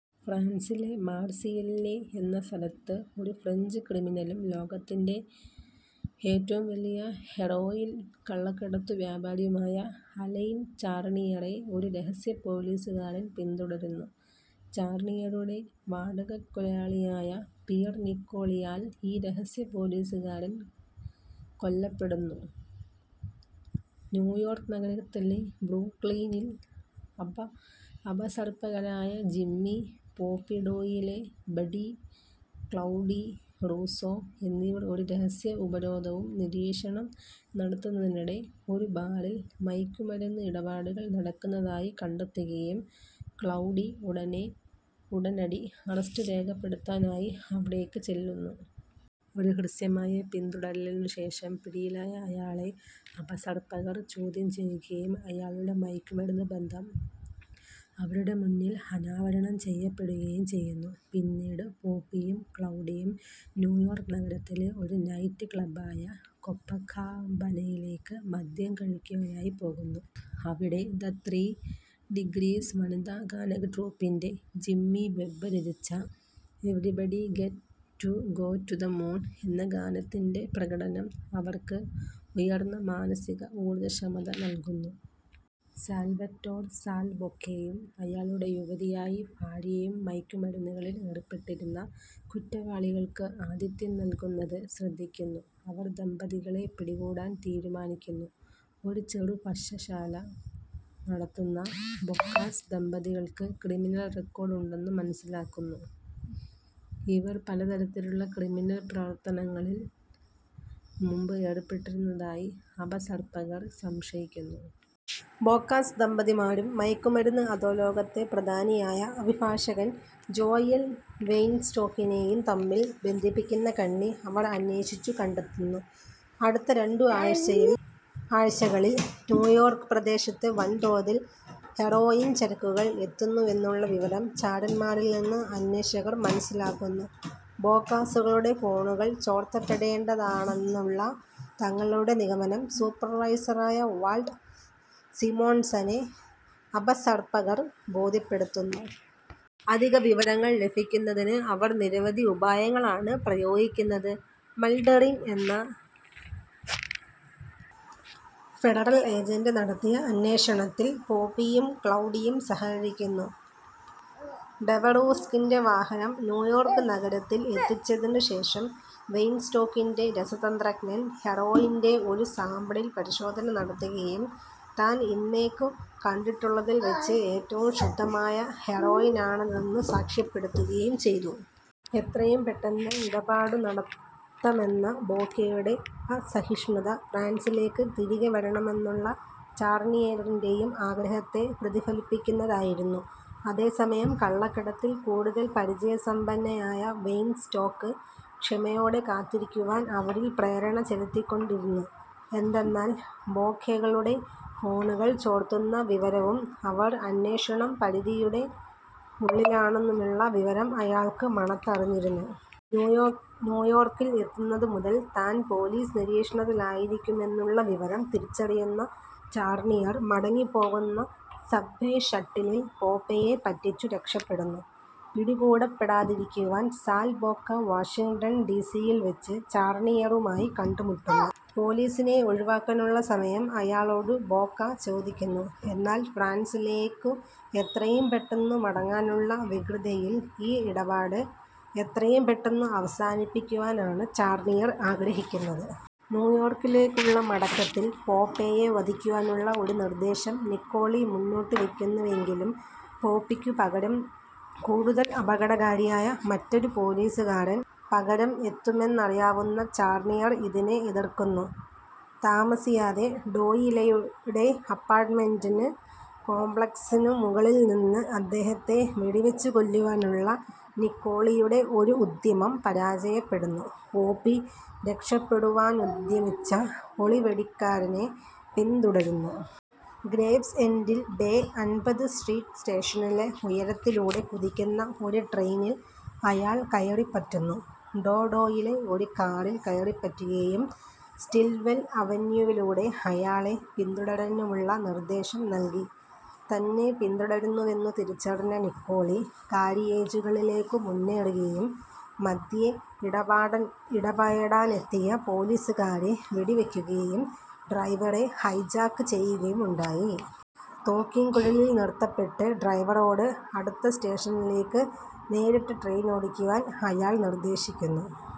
ഫ്രാൻസിലെ മാർസെയില്ലെ എന്ന സ്ഥലത്ത് ഒരു ഫ്രഞ്ച് ക്രിമിനലും ലോകത്തിന്റെ ഏറ്റവും വലിയ ഹെറോയിൻ കള്ളക്കടത്തു വ്യാപാരിയുമായ അലൈൻ ചാർണിയറെ ഒരു രഹസ്യപ്പോലീസുകാരൻ പിന്തുടരുന്നു. ചാർണിയറുടെ വാടകക്കൊലയാളിയായ പിയർ നിക്കോളിയാൽ ഈ രഹസ്യ പോലീസുകാരൻ കൊല്ലപ്പെടുന്നു. ന്യൂയോർക്ക് നഗരത്തിലെ ബ്രൂക്ലിനിൽ അപ അപസർപ്പകരായ Jimmy "Popeye" Doyle, Buddy "Cloudy Russo എന്നിവർ ഒരു രഹസ്യ ഉപരോധവും നിരീക്ഷണം നടത്തുന്നതിനിടെ ഒരു ബാറിൽ മയക്കു മരുന്ന് ഇടപാടുകൾ നടക്കുന്നതായി കണ്ടെത്തുകയും ക്ലൗഡി ഉടനെ ഉടനടി അറസ്റ്റു രേഖപ്പെടുത്താനായി അവിടേയ്ക്കു ചെല്ലുന്നു. ഒരു ഹ്രസ്വമായ പിന്തുടരലിനുശേഷം പിടിയിലായ അയാളെ അപസർപ്പകർ ചോദ്യം ചെയ്യുകയും അയാളുടെ മയക്കുമരുന്നുബന്ധം അവരുടെ മുന്നിൽ അനാവരണം ചെയ്യപ്പെടുകയും ചെയ്യുന്നു. പിന്നീട്, പോപ്പിയും ക്ലൗഡിയും ന്യൂയോർക്ക് നഗരത്തിലെ ഒരു നൈറ്റ് ക്ലബ്ബായ കൊപ്പക്കാബനയിലേയ്ക്ക് മദ്യം കഴിക്കുവാനായി പോകുന്നു. അവിടെ 'ദ ത്രീ ഡിഗ്രീസ്' വനിതാ ഗാനട്രൂപ്പിൻ്റെ ജിമ്മി വെബ്ബ് രചിച്ച "Everybody Gets to Go to the Moon" എന്ന ഗാനത്തിൻ്റെ പ്രകടനം അവർക്ക് ഉയർന്ന മാനസിക ഊർജ്ജക്ഷമത നൽകുന്നു. സാൽവറ്റോർ "സാൽ" ബോക്കയും അയാളുടെ യുവതിയായി ഭാര്യയും മയക്കുമരുന്നുകളിൽ ഏർപ്പെട്ടിരുന്ന കുറ്റവാളികൾക്ക് ആതിത്യം നൽകുന്നത് ശ്രദ്ധിക്കുന്നു. അവർ ദമ്പതികളെ പിടികൂടാൻ തീരുമാനിക്കുന്നു. ഒരു ചെറു ഭക്ഷശാല നടത്തുന്ന ബോക്കാസ് ദമ്പതികൾക്ക് ക്രിമിനൽ റെക്കോർഡ് ഉണ്ടെന്നു മനസ്സിലാക്കുന്നു. ഇവർ പല തരത്തിലുള്ള ക്രിമിനൽ പ്രവർത്തങ്ങളിൽ മുമ്പ് ഏർപ്പെട്ടിരുന്നതായി അപസർപ്പങ്ങർ സംശയിക്കുന്നു. ബോക്കാസ് ദമ്പതിമാരും മയക്കു മരുന്ന് അധോലോകത്തെ പ്രധാനിയായ അഭിഭാഷകൻ ജോയൽ വെയ്ൻസ്റ്റോക്കിനേയും തമ്മിൽ ബന്ധിപ്പിക്കുന്ന കണ്ണി അവർ അന്വേഷിച്ചു കണ്ടെത്തുന്നു. അടുത്ത രണ്ടു ആഴ്ചയിൽ ആഴ്ചകളിൽ ന്യൂയോർക്ക് പ്രദേശത്ത് വൻതോതിൽ ഹെറോയിൻ ചരക്കുകൾ എത്തുന്നുവെന്നുള്ള വിവരം ചാരന്മാരിൽനിന്ന് അന്വേഷകർ മനസ്സിലാക്കുന്നു. ബോക്കാസുകളുടെ ഫോണുകൾ ചോർത്തപ്പേടേണ്ടതാണെന്നുള്ള തങ്ങളുടെ നിഗമനം സൂപ്പർവൈസറായ വാൾട്ട് സിമോൺസനെ അപസർപ്പകർ ബോധ്യപ്പെടുത്തുന്നു. അധിക വിവരങ്ങൾ ലഫിക്കുന്നതിന് അവർ നിരവധി ഉപായങ്ങളാണ് പ്രയോഗിക്കുന്നത്. മൽഡെറിഗ് എന്ന ഫെഡറൽ ഏജൻ്റ് നടത്തിയ അന്വേഷണത്തിൽ പോപ്പിയും ക്ലൗഡിയും സഹകരിക്കുന്നു. ഡെവെറ്യൂസ്കിൻ്റെ വാഹനം ന്യയോർക്ക് നഗരത്തിൽ എത്തിച്ചതിനു ശേഷം വെയിൻസ്റ്റോക്കിൻ്റെ രസതന്ത്രജ്ഞൻ ഹെറോയിൻ്റെ ഒരു സാമ്പിളിൽ പരിശോധന നടത്തുകയും താൻ ഇന്നേയ്ക്കു കണ്ടിട്ടുള്ളതിൽവച്ച് ഏറ്റവും ശുദ്ധമായ ഹെറോയിനാണിതെന്നു സാക്ഷ്യപ്പെടുത്തുകയും ചെയ്തു. എത്രയും പെട്ടെന്ന് ഇടപാടു നടത്തമെന്ന ബോക്കയുടെ അസഹിഷ്ണുത ഫ്രാൻസിലേയ്ക്ക് തിരികെ വരണമെന്നുള്ള ചാർണിയറിൻ്റെയും ആഗ്രഹത്തെ പ്രതിഫലിപ്പിക്കുന്നതായിരുന്നു. അതേസമയം കള്ളക്കടത്തിൽ കൂടുതൽ പരിചയസമ്പന്നയായ വെയിൻസ്റ്റോക്ക് ക്ഷമയോടെ കാത്തിരിക്കുവാൻ അവരിൽ പ്രേരണ ചെലുത്തിക്കൊണ്ടിരുന്നു, എന്തന്നാൽ ബോക്കകളുടെ ഫോണുകൾ ചോർത്തുന്ന വിവരവും അവർ അന്വേഷണം പരിധിയുടെ ഉള്ളിലാണെന്നുമുള്ള വിവരം അയാൾക്ക് മണത്തറിഞ്ഞിരുന്നു. ന്യൂയോ ന്യൂയോർക്കിൽ എത്തുന്നതു മുതൽ താൻ പോലീസ് നിരീക്ഷണത്തിലായിരിക്കുമെന്നുള്ള വിവരം തിരിച്ചറിയുന്ന ചാർണിയർ മടങ്ങിപ്പോകുന്ന സബ്വേ ഷട്ടലിൽ പോപ്പെയെ പറ്റിച്ചു രക്ഷപെടുന്നു. പിടികൂടപ്പെടാതെയിരിക്കുവാൻ സാൽ ബോക്ക വാഷിംഗ്ടൺ ഡി. സിയിൽവച്ച് ചാർണിയറുമായി കണ്ടുമുട്ടുന്നു. പോലീസിനെ ഒഴിവാക്കാനുള്ള സമയം അയാളോടു ബോക്കാ ചോദിക്കുന്നു. എന്നാൽ ഫ്രാൻസിലേയക്കു എത്രയും പെട്ടെന്നു മടങ്ങാനുള്ള വ്യഗ്രതയിൽ ഈ ഇടപാട് എത്രയും പെട്ടെന്നു അവസാനിപ്പിക്കുവാനാണ് ചാർണിയർ ആഗ്രഹിക്കുന്നത്. ന്യൂയോർക്കിലേക്കുള്ള മടക്കത്തിൽ പോപ്പേയെ വധിക്കുവാനുള്ള ഒരു നിർദ്ദേശം നിക്കോളി മുന്നോട്ടുവയക്കുന്നുവെങ്കിലും പോപ്പിയ്ക്കു പകരം കൂടുതൽ അപകടകാരിയായ മറ്റൊരു പോലീസുകാരൻ പകരം എത്തുമെന്നറിയാവുന്ന ചാർണിയർ ഇതിനെ എതിർക്കുന്നു. താമസിയാതെ, ഡോയിലെയുടെ അപ്പാർട്ടമെനൻ്റ് കോംപ്ലക്സിനു മുകളിൽനിന്ന് അദ്ദേഹത്തെ വെടിവച്ചു കൊല്ലുവാനുള്ള നിക്കോളിയുടെ ഒരു ഉദ്ധ്യമം പരാജയപ്പെടുന്നു. പോപ്പി രക്ഷപെടുവാനുദ്ധ്യമിച്ച ഒളിവെടിക്കാരനെ പിന്തുടരുന്നു. ഗ്രേവ്സ്എൻ്റിൽ, ബേ അൻപത് സ്ട്രീറ്റ് സ്റ്റേഷനിലെ ഉയരത്തിലൂടെ കുതിക്കുന്ന ഒരു ട്രെയിനിൽ അയാൾ കയറിപ്പറ്റുന്നു. ഡോ ഡോയിലെ ഒരു കാറിൽ കയറിപ്പറ്റുകയും സ്റ്റിൽവെൽ അവന്യൂവിലൂടെ അയാളെ പിന്തുടരനുമുള്ള നിർദ്ദേശം നൽകി. തന്നെ പിന്തുടരുന്നുവെന്നു തിരിച്ചറിഞ്ഞ നിക്കോളി, കാരിയേജുകളിലേയ്ക്കു മുന്നേറുകയും മദ്ധ്യേ ഇടപാടൻ ഇടപെടാനെത്തിയ പോലീസുകാരേ വെടിവയ്ക്കുകയും ഡ്രൈവറെ ഹൈജാക്ക് ചെയ്യുകയുമുണ്ടായി. തോക്കിൻ കുഴലിൽ നിർത്തപ്പെട്ട് ഡ്രൈവറോട് അടുത്ത സ്റ്റേഷനിലേയ്ക്ക് നേരിട്ട് ട്രെയിനോടിക്കുവാൻ അയാൾ നിർദ്ദേശിക്കുന്നു.